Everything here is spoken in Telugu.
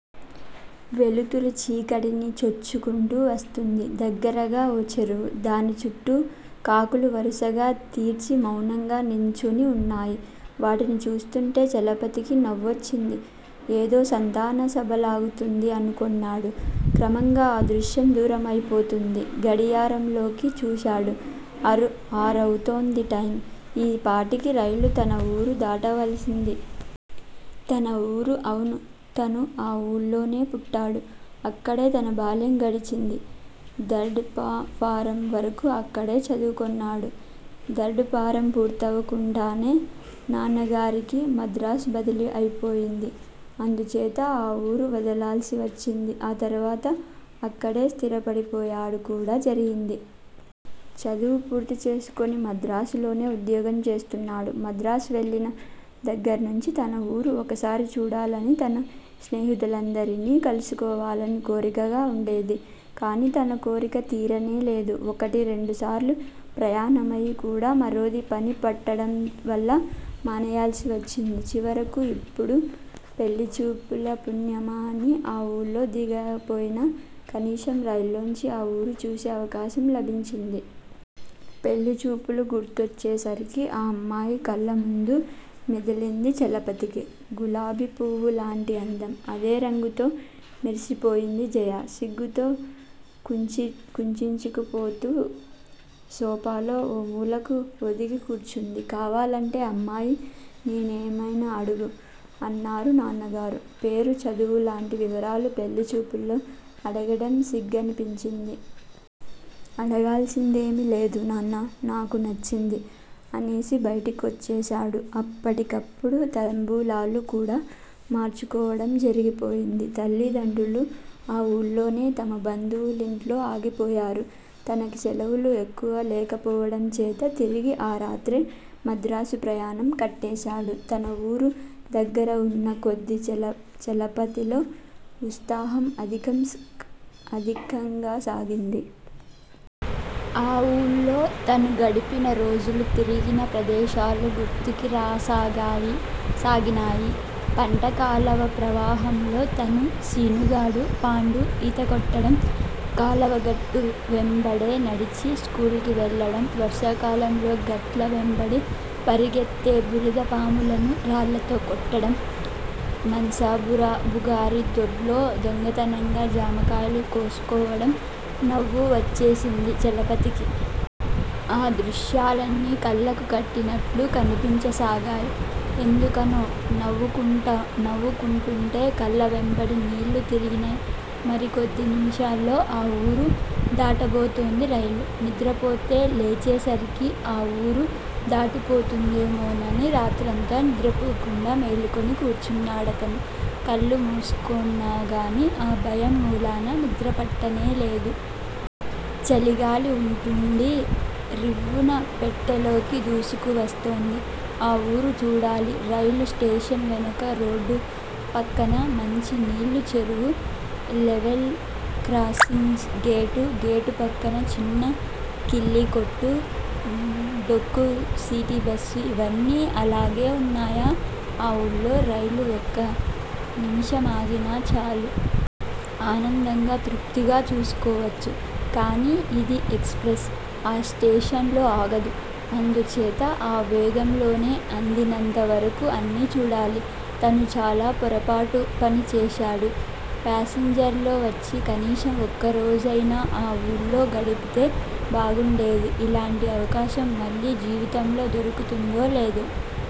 వెలుతురు చీకటిని చొచ్చుకొంటూ వస్తూంది. దగ్గరగా ఓ చెరువు. దాని చుట్టూ కాకులు వరుసలు తీర్చి మౌనంగా నించుని ఉన్నాయి. వాటిని చూస్తూంటే చలపతికి నవ్వొచ్చింది. 'ఏదో సంతాన సభలాగుంది' అనుకొన్నాడు. క్రమంగా ఆ దృశ్యం దూరమయిపోయింది. గడియారంలోకి చూశాడు. అరవుతోంది టైమ్. ఈపాటికి రైలు తన ఊరు దాటవలసింది. తన ఊరు! అవును. తను ఆ ఊళ్లోనే పుట్టాడు. అక్కడే తన బాల్యం గడిచింది. థర్డ్ ఫారమ్ వరకూ అక్కడే చదువుకొన్నాడు. ధర్డ్ ఫారం పూర్తవకుండానే నాన్నగారికి మద్రాస్ బదిలీ అయిపోయింది. అందుచేత ఆ ఊరు వదలాల్సి వచ్చింది. ఆ తరువాత అక్కడే స్థిరపడిపోవటం కూడా జరిగింది. చదువు పూర్తి చేసుకొని మద్రాసులోనే ఉద్యోగం చేస్తున్నాడు. మద్రాస్ వెళ్ళిన దగ్గర్నుంచీ తన ఊరు ఓసారి చూడాలనీ తన స్నేహితులందరినీ కలుసుకోవాలని కోరికగా ఉండేది. కానీ తన కోరిక తీరనేలేదు ఒకటి, రెండు సార్లు ప్రయాణమయి కూడా మరేదో పని పడటం వల్ల మానేయాల్సివచ్చింది. చివరకు ఇప్పుడు పెళ్ళిచూపుల పుణ్యమా అని ఆ ఊళ్లో దిగకపోయినా, కనీసం రైల్లోంచి ఆ ఊరు చూసే అవకాశం లభించింది. పెళ్ళిచూపులు గుర్తుకొచ్చేసరికి ఆ అమ్మాయి కళ్ళముందు మెదిలింది చలపతికి. గులాబీ పువ్వులాంటి అందం. అదే రంగుతో మెరిసిపోయింది జయ. సిగ్గుతో కుంచించుకుపోతూ సోఫాలో ఓ మూలకు ఒదిగి కూర్చుంది. కావాలంటే అమ్మాయి నేమైనా అడుగు! అన్నారు నాన్నగారు. పేరు, చదువులాంటి వివరాలు పెళ్ళి చూపుల్లో అడగటం సిగ్గనిపించింది. అడగాల్సిందేమీ లేదు. నాన్నా! నాకు నచ్చింది! అనేసి బయటి కొచ్చేశాడు. అప్పటికప్పుడే తాంబూలాలు కూడా మార్చుకోవడం జరిగిపోయింది. తల్లిదండ్రులు ఆ ఊళ్లోనే తమ బంధువులింట్లో ఆగిపోయారు. తనకి సెలవులు ఎక్కువ లేకపోవడం చేత తిరిగి ఆ రాత్రే మద్రాసు ప్రయాణం కట్టేశాడు. తన ఊరు దగ్గరవుతున్న కొద్దీ చలపతిలో ఉత్సాహం అధికం కాసాగింది. ఆ ఊళ్లో తను గడిపిన రోజులూ, తిరిగిన ప్రదేశాలు గుర్తుకి రాసాగినాయి. పంట కాలవ ప్రవాహంలో తనూ, శీనుగాడూ, పాండూ ఈతకొట్టడం, కాలవగట్టు వెంబడే నడిచి స్కూల్ కి వెళ్ళడం, వర్షాకాలంలో గట్ల వెంబడి పరుగెత్తే బురదపాములను రాళ్ళతో కొట్టడం, మున్సబుగారి దొడ్లో దొంగతనంగా జామకాయలు కోసుకోవడం- నవ్వు వచ్చేసింది చలపతికి. ఆ దృశ్యాలన్నీ కళ్లకు కట్టినట్లు కనిపించసాగాయ్- ఎందుకనో నవ్వుకుంటూంటే కళ్ల వెంబడి నీళ్ళు తిరిగినయ్. మరి కొద్ది నిమిషాల్లో ఆ ఊరు దాటబోతోంది రైలు. నిద్రపోతే లేచేసరికి ఆ ఊరు దాటిపోతుందేమోనని రాత్రంతా నిద్రపోకుండా మేలుకొని కూర్చున్నాడతను. కళ్ళు మూసుకొన్నాగాని ఆ భయం మూలాన నిద్రపట్టనేలేదు. చలిగాలి ఉండుండి రివ్వున పెట్టెలోకి దూసుకువస్తోంది. ఆ ఊరు చూడాలి. రైలు స్టేషన్ వెనుక రోడ్డూ, పక్కగా మంచి నీళ్ళ చెరువూ, లెవెల్ క్రాసింగ్ గేటూ, గేటు పక్కన చిన్న కిళ్లీకొట్టూ, డొక్కు సిటీబస్సూ ఇవన్నీ అలాగే ఉన్నాయా? ఆ ఊళ్లో రైలు ఒక్క నిమిషమాగినా చాలు. ఆనందంగా, తృప్తిగా చూసుకోవచ్చు. కానీ ఇది ఎక్స్ ప్రెస్! ఆ స్టేషన్లో ఆగదు. అందుచేత ఆ వేగంలోనే అందినంతవరకూ అన్నీ చూడాలి. తను చాలా పొరపాటు పని చేశాడు. పాసెంజర్ లో వచ్చి కనీసం ఒక్కరోజయినా ఆ వూళ్ళో గడిపితే బాగుండేది. ఇలాంటి అవకాశం మళ్ళీ జీవితంలో దొరుకుతుందో, లేదో?